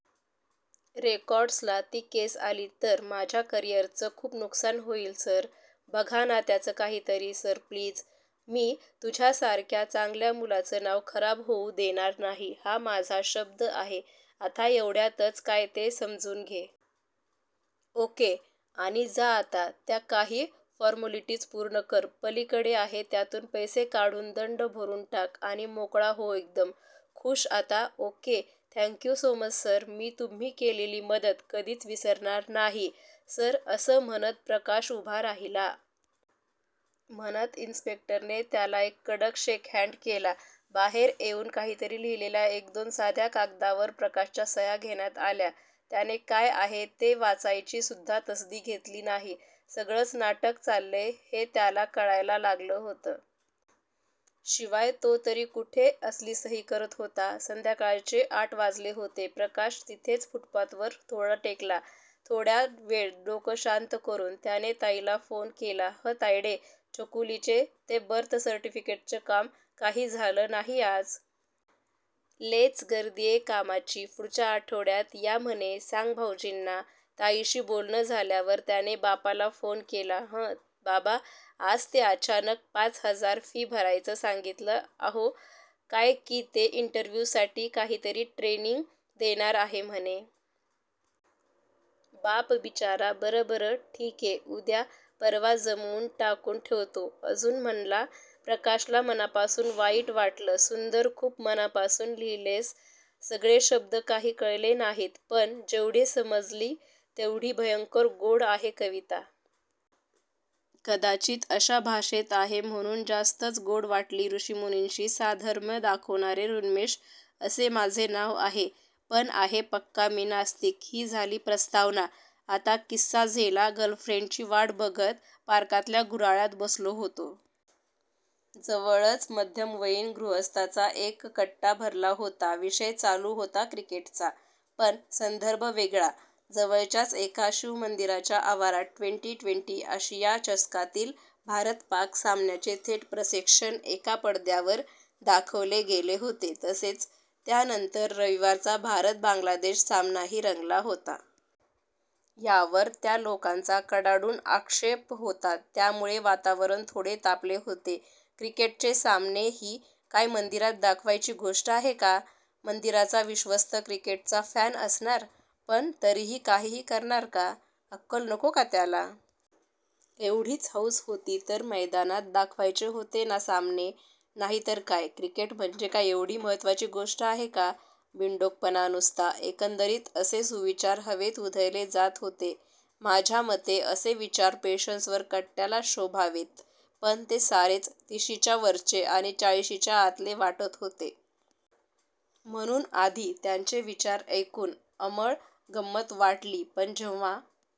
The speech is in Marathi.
रेकॉर्ड्सला ती केस आली तर माझ्या करिअरचं खूप नुकसान होईल सर. बघा ना त्याचं काहीतरी सर प्लीज. मी तुझ्यासारख्या चांगल्या मुलाचं नाव खराब होऊ देणार नाही हा माझा शब्द आहे. आता एवढ्यातच काय ते समजून घे. ओके? आणि जा आता, त्या काही फॉर्मॅलिटीज पूर्ण कर. पलीकडे आहे, त्यातून पैसे काढून दंड भरून टाक आणि मोकळा हो एकदम. खुश आता? Okay thank you so much sir. मी तुम्ही केलेली मदत कधीच विसरणार नाही सर असं म्हणत प्रकाश उभा राहिला. म्हणत इन्स्पेक्टरने त्याला एक कडक शेकहँड केला. बाहेर येऊन काहीतरी लिहिलेल्या एकदोन साध्या कागदावर प्रकाशच्या सह्या घेण्यात आल्या. त्याने काय आहे ते वाचायची सुद्धा तसदी घेतली नाही. सगळंच नाटक चाललंय हे त्याला कळायला लागलं होतं. शिवाय तो तरी कुठे असली सही करत होता. संध्याकाळचे आठ वाजले होते. प्रकाश तिथेच फुटपाथवर थोडा टेकला. थोड्या वेळ डोकं शांत करून त्याने ताईला फोन केला, ह तायडे, छकुलीचे ते बर्थ सर्टिफिकेटचं काम काही झालं नाही आज. लैच गर्दीये कामाची पुढच्या आठवड्यात या म्हणे, सांग भाऊजींना. ताईशी बोलणं झाल्यावर त्याने बापाला फोन केला, हं बाबा. आज ते अचानक पाच हजार फी भरायचं सांगितलं अहो, काय कि ते इंटरव्ह्यूसाठी काहीतरी ट्रेनिंग देणार आहे म्हणे. बाप बिचारा बरं बरं ठीके उद्या परवा जमवून टाकून ठेवतो अजून म्हणला, प्रकाशला मनापासून वाईट वाटलं. सुंदर, खूप मनापासून लिहीलेयस. सगळे शब्द काही कळले नाहीत पण जेवढी समजली तेवढी भयंकर गोड आहे कविता. कदाचित अशा भाषेत आहे म्हणून जास्तच गोड वाटली. ऋषीमुनींशी साधर्म्य दाखवणारे ऋन्मेष असे माझे नाव आहे, पण आहे पक्का मी नास्तिक. ही झाली प्रस्तावना. आता किस्सा झेला! गर्लफ्रेंडची वाट बघत पार्कातल्या गुऱ्हाळात बसलो होतो. जवळच मध्यमवयीन गृहस्थांचा एक कट्टा भरला होता. विषय चालू होता क्रिकेटचा. पण संदर्भ वेगळा. जवळच्याच एका शिवमंदिराच्या आवारात ट्वेंटी-ट्वेन्टी आशिया चषकातील भारत-पाक सामन्याचे थेट प्रक्षेपण एका पडद्यावर दाखवले गेले होते. तसेच त्यानंतर रविवारचा भारत-बांगलादेश सामनाही रंगला होता. यावर त्या लोकांचा कडाडून आक्षेप होता, त्यामुळे वातावरण थोडे तापले होते. क्रिकेटचे सामने ही काय मंदिरात दाखवायची गोष्ट आहे का? मंदिराचा विश्वस्त क्रिकेटचा फॅन असणार? पण तरीही काहीही करणार का? अक्कल नको का त्याला? एवढीच हौस होती तर मैदानात दाखवायचे होते ना सामने. नाही तर काय, क्रिकेट म्हणजे काय एवढी महत्त्वाची गोष्ट आहे का? बिनडोकपणा नुसता. एकंदरीत असे सुविचार हवेत उधळले जात होते. माझ्यामते असे विचार पेन्शनर कट्ट्यालाच शोभावेत, पण ते सारेच तिशीच्या वरचे आणि चाळिशीच्या आतले वाटत होते. म्हणून आधी त्यांचे विचार ऐकून अंमळ गंमत वाटली. पण जेव्हा